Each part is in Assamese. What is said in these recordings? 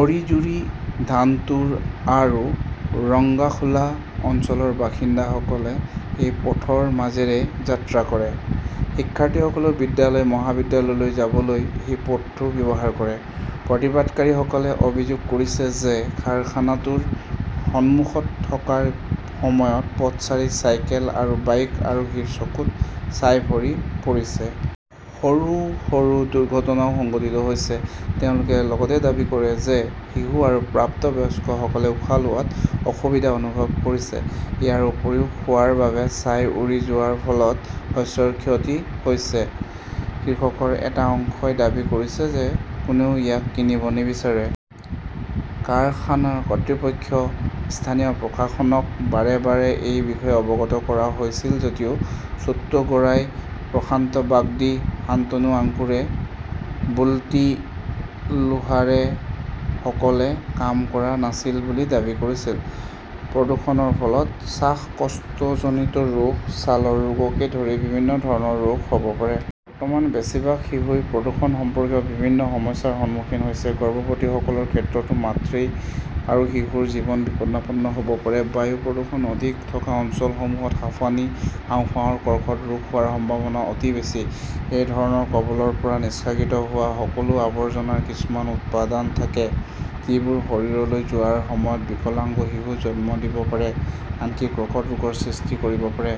অৰিজুৰী, ধানতোৰ আৰু ৰংগাখুলা অঞ্চলৰ বাসিন্দাসকলে এই পথৰ মাজেৰে যাত্ৰা কৰে। শিক্ষাৰ্থীসকলেও বিদ্যালয়, মহাবিদ্যালয়লৈ যাবলৈ সেই পথটো ব্যৱহাৰ কৰে। প্ৰতিবাদকাৰীসকলে অভিযোগ কৰিছে যে কাৰখানাটোৰ সন্মুখত থকাৰ সময়ত পথচাৰী, চাইকেল আৰু বাইক আৰোহীৰ চকুত ছাই ভৰি পৰিছে। সৰু সৰু দুৰ্ঘটনাও সংঘটিত হৈছে। তেওঁলোকে লগতে দাবী কৰে যে শিশু আৰু প্ৰাপ্তবয়স্কসকলে উশাহ লোৱাত অসুবিধা অনুভৱ কৰিছে। ইয়াৰ উপৰিও, খোৱাৰ বাবে ছাই উৰি যোৱাৰ ফলত শস্যৰ ক্ষতি হৈছে। কৃষকৰ এটা অংশই দাবী কৰিছে যে কোনেও ইয়াক কিনিব নিবিচাৰে। কাৰখানাৰ কৰ্তৃপক্ষ, স্থানীয় প্ৰশাসনক বাৰে বাৰে এই বিষয়ে অৱগত কৰা হৈছিল যদিও ছোট্টু গৰাই, প্ৰশান্ত বাগদী, শন্তানু আঙ্কুৰে, বুল্টি লোহাৰেসকলে কাম কৰা নাছিল বুলি দাবী কৰিছিল। প্ৰদূষণৰ ফলত শ্বাসকষ্টজনিত ৰোগ, ছালৰ ৰোগকে ধৰি বিভিন্ন ধৰণৰ ৰোগ হ'ব পাৰে। বৰ্তমান বেছিভাগ শিশুই প্ৰদূষণ সম্পৰ্কীয় বিভিন্ন সমস্যাৰ সন্মুখীন হৈছে। গৰ্ভৱতীসকলৰ ক্ষেত্ৰতো মাতৃ আৰু শিশুৰ জীৱন বিপদাপন্ন হ'ব পাৰে। বায়ু প্ৰদূষণ অধিক থকা অঞ্চলসমূহত হাঁপানি, হাঁওফাঁওৰ কৰ্কট ৰোগ হোৱাৰ সম্ভাৱনা অতি বেছি। এই ধৰণৰ কবলৰ পৰা নিষ্কাশিত হোৱা সকলো আৱৰ্জনাৰ কিছুমান উপাদান থাকে যিবোৰ শৰীৰলৈ যোৱাৰ সময়ত বিকলাঙ্গ শিশু জন্ম দিব পাৰে, আনকি কৰ্কট ৰোগৰ সৃষ্টি কৰিব পাৰে।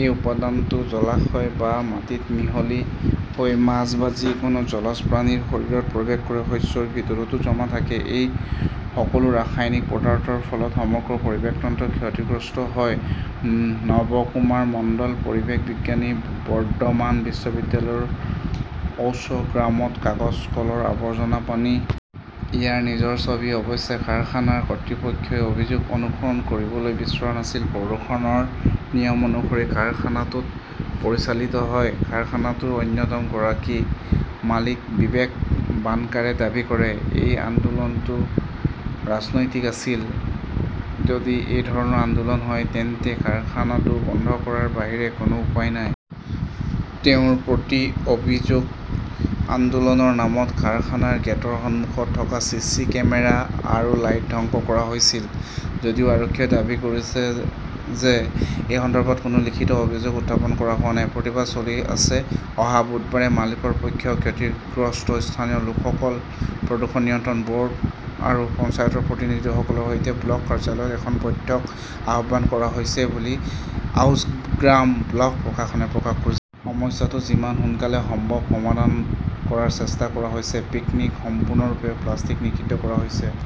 এই উপাদানটো জলাশয় বা মাটিত মিহলি হৈ মাছ বা যিকোনো জলজ প্ৰাণীৰ শৰীৰত প্ৰৱেশ কৰে। শস্যৰ ভিতৰতো জমা থাকে। এই সকলো ৰাসায়নিক পদাৰ্থৰ ফলত সমগ্ৰ 'পৰিৱেশ তন্ত্ৰ ক্ষতিগ্ৰস্ত হয়'। নবকুমাৰ মণ্ডল, পৰিৱেশ বিজ্ঞানী, বৰ্ধমান বিশ্ববিদ্যালয়ৰ ঔশগ্ৰামত কাগজ কলৰ আৱৰ্জনা পানী। ইয়াৰ নিজৰ ছবি, অৱশ্যে, কাৰখানাৰ কৰ্তৃপক্ষই অভিযোগ অনুসৰণ কৰিবলৈ বিচৰা নাছিল। 'প্ৰদূষণৰ নিয়ম অনুসৰি কাৰখানাটো পৰিচালিত হয়', কাৰখানাটোৰ অন্যতম গৰাকী মালিক বিবেক বানকাৰে দাবী কৰে। এই আন্দোলনটো ৰাজনৈতিক আছিল। যদি এই ধৰণৰ আন্দোলন হয়, তেন্তে কাৰখানাটো বন্ধ কৰাৰ বাহিৰে কোনো উপায় নাই। 'তেওঁৰ প্ৰতি-অভিযোগ' আন্দোলনৰ নামত কাৰখানাৰ গেটৰ সন্মুখত থকা চিচি কেমেৰা আৰু লাইট ধ্বংস কৰা হৈছিল। 'যদিও আৰক্ষীয়ে দাবী কৰিছে যে এই সন্দৰ্ভত কোনো লিখিত অভিযোগ উত্থাপন কৰা হোৱা নাই। প্ৰতিবাদ চলি আছে। অহা বুধবাৰে মালিকৰ পক্ষ, ক্ষতিগ্ৰস্ত স্থানীয় লোকসকল, প্ৰদূষণ নিয়ন্ত্ৰণ ব'ৰ্ড আৰু পঞ্চায়তৰ প্ৰতিনিধিসকলৰ সৈতে ব্লক কাৰ্যালয়ত এখন বৈঠক আহ্বান কৰা হৈছে বুলি আউছগ্ৰাম ব্লক প্ৰশাসনে প্ৰকাশ কৰিছে। সমস্যাটো যিমান সোনকালে সম্ভৱ সমাধান কৰাৰ চেষ্টা কৰা হৈছে। পিকনীক সম্পূৰ্ণৰূপে প্লাষ্টিক নিষিদ্ধ কৰা হৈছে ।